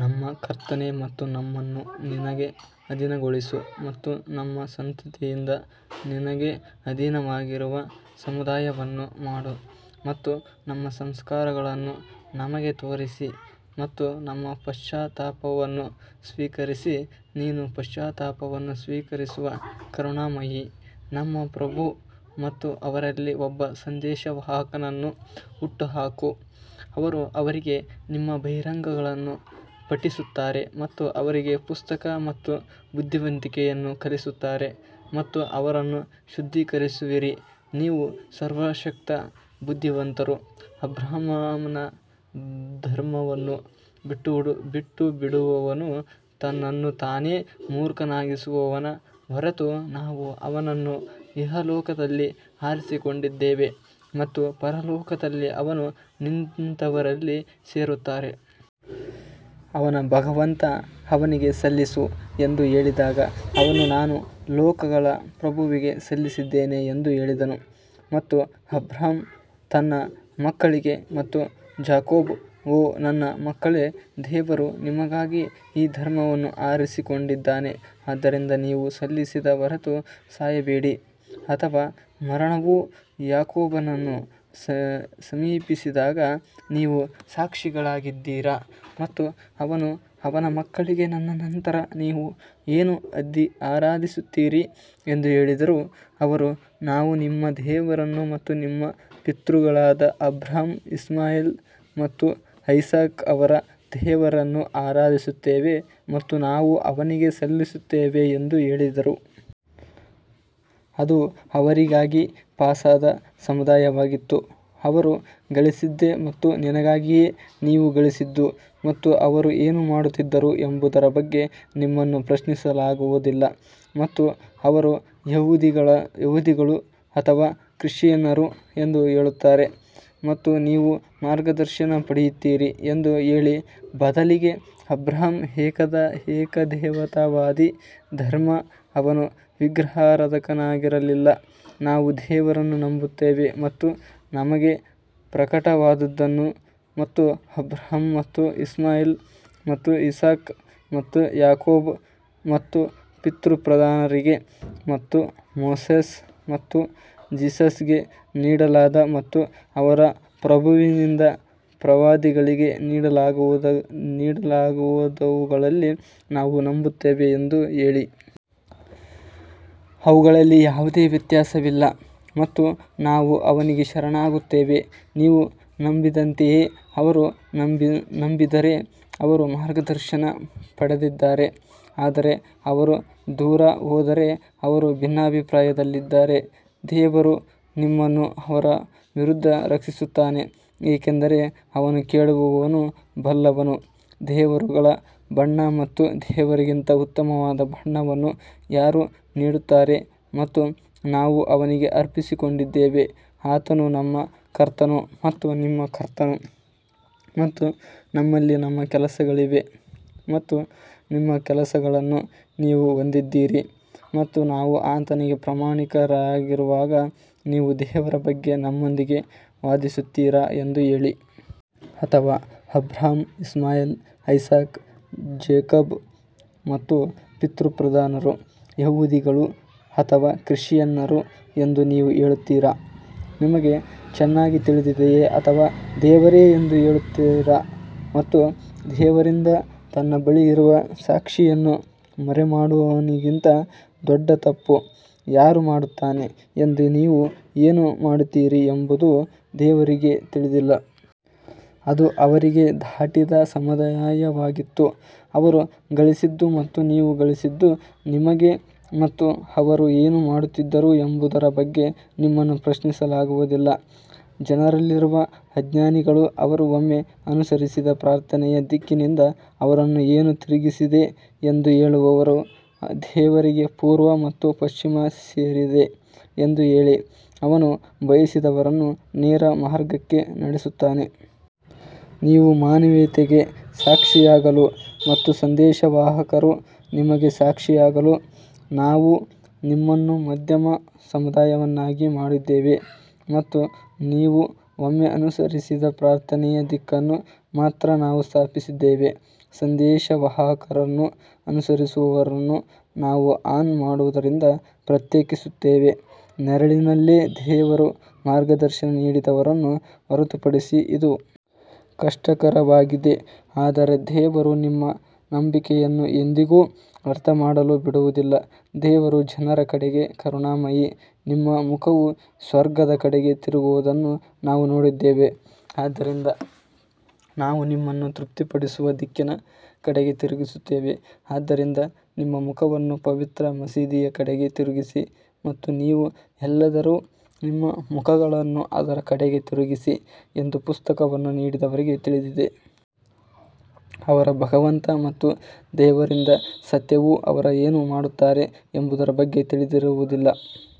ನಮ್ಮ ಕರ್ತನೇ ಮತ್ತು ನಮ್ಮನ್ನು ನಿನಗೆ ಅಧೀನಗೊಳಿಸು ಮತ್ತು ನಮ್ಮ ಸಂತತಿಯಿಂದ ನಿನಗೆ ಅಧೀನವಾಗಿರುವ ಸಮುದಾಯವನ್ನು ಮಾಡು ಮತ್ತು ನಮ್ಮ ಸಂಸ್ಕಾರಗಳನ್ನು ನಮಗೆ ತೋರಿಸಿ ಮತ್ತು ನಮ್ಮ ಪಶ್ಚಾತ್ತಾಪವನ್ನು ಸ್ವೀಕರಿಸಿ ನೀನು ಪಶ್ಚಾತ್ತಾಪವನ್ನು ಸ್ವೀಕರಿಸುವ ಕರುಣಾಮಯಿ ನಮ್ಮ ಪ್ರಭು ಮತ್ತು ಅವರಲ್ಲಿ ಒಬ್ಬ ಸಂದೇಶವಾಹಕನನ್ನು ಹುಟ್ಟುಹಾಕು, ಅವರು ಅವರಿಗೆ ನಿಮ್ಮ ಬಹಿರಂಗಗಳನ್ನು ಪಠಿಸುತ್ತಾರೆ ಮತ್ತು ಅವರಿಗೆ ಪುಸ್ತಕ ಮತ್ತು ಬುದ್ಧಿವಂತಿಕೆಯನ್ನು ಕಲಿಸುತ್ತಾರೆ ಮತ್ತು ಅವರನ್ನು ಶುದ್ಧೀಕರಿಸುವಿರಿ, ನೀವು ಸರ್ವಶಕ್ತ ಬುದ್ಧಿವಂತರು ಅಬ್ರಹಾಮನ ಧರ್ಮವನ್ನು ಬಿಟ್ಟುಬಿಡುವವನು ತನ್ನನ್ನು ತಾನೇ ಮೂರ್ಖನಾಗಿಸುವವನ ಹೊರತು ನಾವು ಅವನನ್ನು ಇಹಲೋಕದಲ್ಲಿ ಆರಿಸಿಕೊಂಡಿದ್ದೇವೆ ಮತ್ತು ಪರಲೋಕದಲ್ಲಿ ಅವನು ನೀತಿವಂತರಲ್ಲಿ ಸೇರುತ್ತಾನೆ. ಅವನ ಭಗವಂತ ಅವನಿಗೆ ಸಲ್ಲಿಸು ಎಂದು ಹೇಳಿದಾಗ ಅವನು ನಾನು ಲೋಕಗಳ ಪ್ರಭುವಿಗೆ ಸಲ್ಲಿಸಿದ್ದೇನೆ ಎಂದು ಹೇಳಿದನು ಮತ್ತು ಅಬ್ರಹಾಂ ತನ್ನ ಮಕ್ಕಳಿಗೆ ಮತ್ತು ಜಾಕೋಬ್ ಓ ನನ್ನ ಮಕ್ಕಳೇ ದೇವರು ನಿಮಗಾಗಿ ಈ ಧರ್ಮವನ್ನು ಆರಿಸಿಕೊಂಡಿದ್ದಾನೆ ಆದ್ದರಿಂದ ನೀವು ಸಲ್ಲಿಸದ ಹೊರತು ಸಾಯಬೇಡಿ ಅಥವಾ ಮರಣವು ಯಾಕೋಬನನ್ನು ಸಮೀಪಿಸಿದಾಗ ನೀವು ಸಾಕ್ಷಿಗಳಾಗಿದ್ದೀರಾ ಮತ್ತು ಅವನು ಅವನ ಮಕ್ಕಳಿಗೆ ನನ್ನ ನಂತರ ನೀವು ಏನು ಆರಾಧಿಸುತ್ತೀರಿ ಎಂದು ಹೇಳಿದರು ಅವರು ನಾವು ನಿಮ್ಮ ದೇವರನ್ನು ಮತ್ತು ನಿಮ್ಮ ಪಿತೃಗಳಾದ ಅಬ್ರಹಾಂ ಇಸ್ಮಾಯೆಲ್ ಮತ್ತು ಐಸಾಕ್ ಅವರ ದೇವರನ್ನು ಆರಾಧಿಸುತ್ತೇವೆ ಮತ್ತು ನಾವು ಅವನಿಗೆ ಸಲ್ಲಿಸುತ್ತೇವೆ ಎಂದು ಹೇಳಿದರು. ಅದು ಅವರಿಗಾಗಿ ಪಾಸಾದ ಸಮುದಾಯವಾಗಿತ್ತು ಅವರು ಗಳಿಸಿದ್ದೇ ಮತ್ತು ನಿನಗಾಗಿಯೇ ನೀವು ಗಳಿಸಿದ್ದು ಮತ್ತು ಅವರು ಏನು ಮಾಡುತ್ತಿದ್ದರು ಎಂಬುದರ ಬಗ್ಗೆ ನಿಮ್ಮನ್ನು ಪ್ರಶ್ನಿಸಲಾಗುವುದಿಲ್ಲ. ಮತ್ತು ಅವರು ಯಹೂದಿಗಳು ಅಥವಾ ಕ್ರಿಶ್ಚಿಯನ್ನರು ಎಂದು ಹೇಳುತ್ತಾರೆ ಮತ್ತು ನೀವು ಮಾರ್ಗದರ್ಶನ ಪಡೆಯುತ್ತೀರಿ ಎಂದು ಹೇಳಿ ಬದಲಿಗೆ ಅಬ್ರಹಾಂ ಏಕದೇವತಾವಾದಿ ಧರ್ಮ ಅವನು ವಿಗ್ರಹಾರಾಧಕನಾಗಿರಲಿಲ್ಲ ನಾವು ದೇವರನ್ನು ನಂಬುತ್ತೇವೆ ಮತ್ತು ನಮಗೆ ಪ್ರಕಟವಾದದ್ದನ್ನು ಮತ್ತು ಅಬ್ರಹಾಂ ಮತ್ತು ಇಸ್ಮಾಯೆಲ್ ಮತ್ತು ಇಸಾಕ್ ಮತ್ತು ಯಾಕೋಬ್ ಮತ್ತು ಪಿತೃಪ್ರಧಾನರಿಗೆ ಮತ್ತು ಮೋಸೆಸ್ ಮತ್ತು ಜೀಸಸ್ಗೆ ನೀಡಲಾದ ಮತ್ತು ಅವರ ಪ್ರಭುವಿನಿಂದ ಪ್ರವಾದಿಗಳಿಗೆ ನೀಡಲಾದವುಗಳಲ್ಲಿ ನಾವು ನಂಬುತ್ತೇವೆ ಎಂದು ಹೇಳಿ. ಅವುಗಳಲ್ಲಿ ಯಾವುದೇ ವ್ಯತ್ಯಾಸವಿಲ್ಲ ಮತ್ತು ನಾವು ಅವನಿಗೆ ಶರಣಾಗುತ್ತೇವೆ ನೀವು ನಂಬಿದಂತೆಯೇ ಅವರು ನಂಬಿದರೆ ಅವರು ಮಾರ್ಗದರ್ಶನ ಪಡೆದಿದ್ದಾರೆ ಆದರೆ ಅವರು ದೂರ ಹೋದರೆ ಅವರು ಭಿನ್ನಾಭಿಪ್ರಾಯದಲ್ಲಿದ್ದರೆ ದೇವರು ನಿಮ್ಮನ್ನು ಅವರ ವಿರುದ್ಧ ರಕ್ಷಿಸುತ್ತಾನೆ ಏಕೆಂದರೆ ಅವನು ಕೇಳುವವನು ಬಲ್ಲವನು ದೇವರುಗಳ ಬಣ್ಣ ಮತ್ತು ದೇವರಿಗಿಂತ ಉತ್ತಮವಾದ ಬಣ್ಣವನ್ನು ಯಾರು ನೀಡುತ್ತಾರೆ ಮತ್ತು ನಾವು ಅವನಿಗೆ ಅರ್ಪಿಸಿಕೊಂಡಿದ್ದೇವೆ ಆತನು ನಮ್ಮ ಕರ್ತನು ಮತ್ತು ನಿಮ್ಮ ಕರ್ತನು ಮತ್ತು ನಮ್ಮಲ್ಲಿ ನಮ್ಮ ಕೆಲಸಗಳಿವೆ ಮತ್ತು ನಿಮ್ಮ ಕೆಲಸಗಳನ್ನು ನೀವು ಹೊಂದಿದ್ದೀರಿ ಮತ್ತು ನಾವು ಆತನಿಗೆ ಪ್ರಾಮಾಣಿಕರಾಗಿರುವಾಗ ನೀವು ದೇವರ ಬಗ್ಗೆ ನಮ್ಮೊಂದಿಗೆ ವಾದಿಸುತ್ತೀರಾ ಎಂದು ಹೇಳಿ. ಅಥವಾ ಅಬ್ರಹಾಂ ಇಸ್ಮಾಯೆಲ್ ಐಸಾಕ್ ಜೇಕಬ್ ಮತ್ತು ಪಿತೃಪ್ರಧಾನರು ಯಹೂದಿಗಳು ಅಥವಾ ಕ್ರಿಶ್ಚಿಯನ್ನರು ಎಂದು ನೀವು ಹೇಳುತ್ತೀರಾ, ನಿಮಗೆ ಚೆನ್ನಾಗಿ ತಿಳಿದಿದೆಯೇ ಅಥವಾ ದೇವರೇ ಎಂದು ಹೇಳುತ್ತೀರಾ ಮತ್ತು ದೇವರಿಂದ ತನ್ನ ಬಳಿ ಇರುವ ಸಾಕ್ಷಿಯನ್ನು ಮರೆಮಾಡುವವನಿಗಿಂತ ದೊಡ್ಡ ತಪ್ಪು ಯಾರು ಮಾಡುತ್ತಾನೆ ಎಂದು ನೀವು ಏನು ಮಾಡುತ್ತೀರಿ ಎಂಬುದು ದೇವರಿಗೆ ತಿಳಿದಿಲ್ಲ. ಅದು ಅವರಿಗೆ ದಾಟಿದ ಸಮುದಾಯವಾಗಿತ್ತು ಅವರು ಗಳಿಸಿದ್ದು ಮತ್ತು ನೀವು ಗಳಿಸಿದ್ದು ನಿಮಗೆ ಮತ್ತು ಅವರು ಏನು ಮಾಡುತ್ತಿದ್ದರು ಎಂಬುದರ ಬಗ್ಗೆ ನಿಮ್ಮನ್ನು ಪ್ರಶ್ನಿಸಲಾಗುವುದಿಲ್ಲ. ಜನರಲ್ಲಿರುವ ಅಜ್ಞಾನಿಗಳು ಅವರು ಒಮ್ಮೆ ಅನುಸರಿಸಿದ ಪ್ರಾರ್ಥನೆಯ ದಿಕ್ಕಿನಿಂದ ಅವರನ್ನು ಏನು ತಿರುಗಿಸಿದೆ ಎಂದು ಹೇಳುವರು, ದೇವರಿಗೆ ಪೂರ್ವ ಮತ್ತು ಪಶ್ಚಿಮ ಸೇರಿದೆ ಎಂದು ಹೇಳಿ ಅವನು ಬಯಸಿದವರನ್ನು ನೇರ ಮಾರ್ಗಕ್ಕೆ ನಡೆಸುತ್ತಾನೆ. ನೀವು ಮಾನವೀಯತೆಗೆ ಸಾಕ್ಷಿಯಾಗಲು ಮತ್ತು ಸಂದೇಶವಾಹಕರು ನಿಮಗೆ ಸಾಕ್ಷಿಯಾಗಲು ನಾವು ನಿಮ್ಮನ್ನು ಮಧ್ಯಮ ಸಮುದಾಯವನ್ನಾಗಿ ಮಾಡಿದ್ದೇವೆ ಮತ್ತು ನೀವು ಒಮ್ಮೆ ಅನುಸರಿಸಿದ ಪ್ರಾರ್ಥನೆಯ ದಿಕ್ಕನ್ನು ಮಾತ್ರ ನಾವು ಸ್ಥಾಪಿಸಿದ್ದೇವೆ, ಸಂದೇಶವಾಹಕರನ್ನು ಅನುಸರಿಸುವವರನ್ನು ನಾವು ಆನ್ ಮಾಡುವವರಿಂದ ಪ್ರತ್ಯೇಕಿಸುತ್ತೇವೆ. ನೆರಳಿನಲ್ಲೇ ದೇವರು ಮಾರ್ಗದರ್ಶನ ನೀಡಿದವರನ್ನು ಹೊರತುಪಡಿಸಿ ಇದು ಕಷ್ಟಕರವಾಗಿದೆ ಆದರೆ ದೇವರು ನಿಮ್ಮ ನಂಬಿಕೆಯನ್ನು ಎಂದಿಗೂ ವ್ಯರ್ಥ ಮಾಡಲು ಬಿಡುವುದಿಲ್ಲ ದೇವರು ಜನರ ಕಡೆಗೆ ಕರುಣಾಮಯಿ ನಿಮ್ಮ ಮುಖವು ಸ್ವರ್ಗದ ಕಡೆಗೆ ತಿರುಗಿರುವುದನ್ನು ನಾವು ನೋಡಿದ್ದೇವೆ ಆದ್ದರಿಂದ ನಾವು ನಿಮ್ಮನ್ನು ತೃಪ್ತಿಪಡಿಸುವ ದಿಕ್ಕಿನ ಕಡೆಗೆ ತಿರುಗಿಸುತ್ತೇವೆ ಆದ್ದರಿಂದ ನಿಮ್ಮ ಮುಖವನ್ನು ಪವಿತ್ರ ಮಸೀದಿಯ ಕಡೆಗೆ ತಿರುಗಿಸಿ ಮತ್ತು ನೀವು ಎಲ್ಲಿದ್ದರೂ ನಿಮ್ಮ ಮುಖಗಳನ್ನು ಅದರ ಕಡೆಗೆ ತಿರುಗಿಸಿ ಎಂದು ಪುಸ್ತಕವನ್ನು ನೀಡಿದವರಿಗೆ ತಿಳಿದಿದೆ. ಅವರ ಭಗವಂತ ಮತ್ತು ದೇವರಿಂದ ಸತ್ಯವು ಅವರು ಏನು ಮಾಡುತ್ತಾರೆ ಎಂಬುದರ ಬಗ್ಗೆ ತಿಳಿದಿರುವುದಿಲ್ಲ.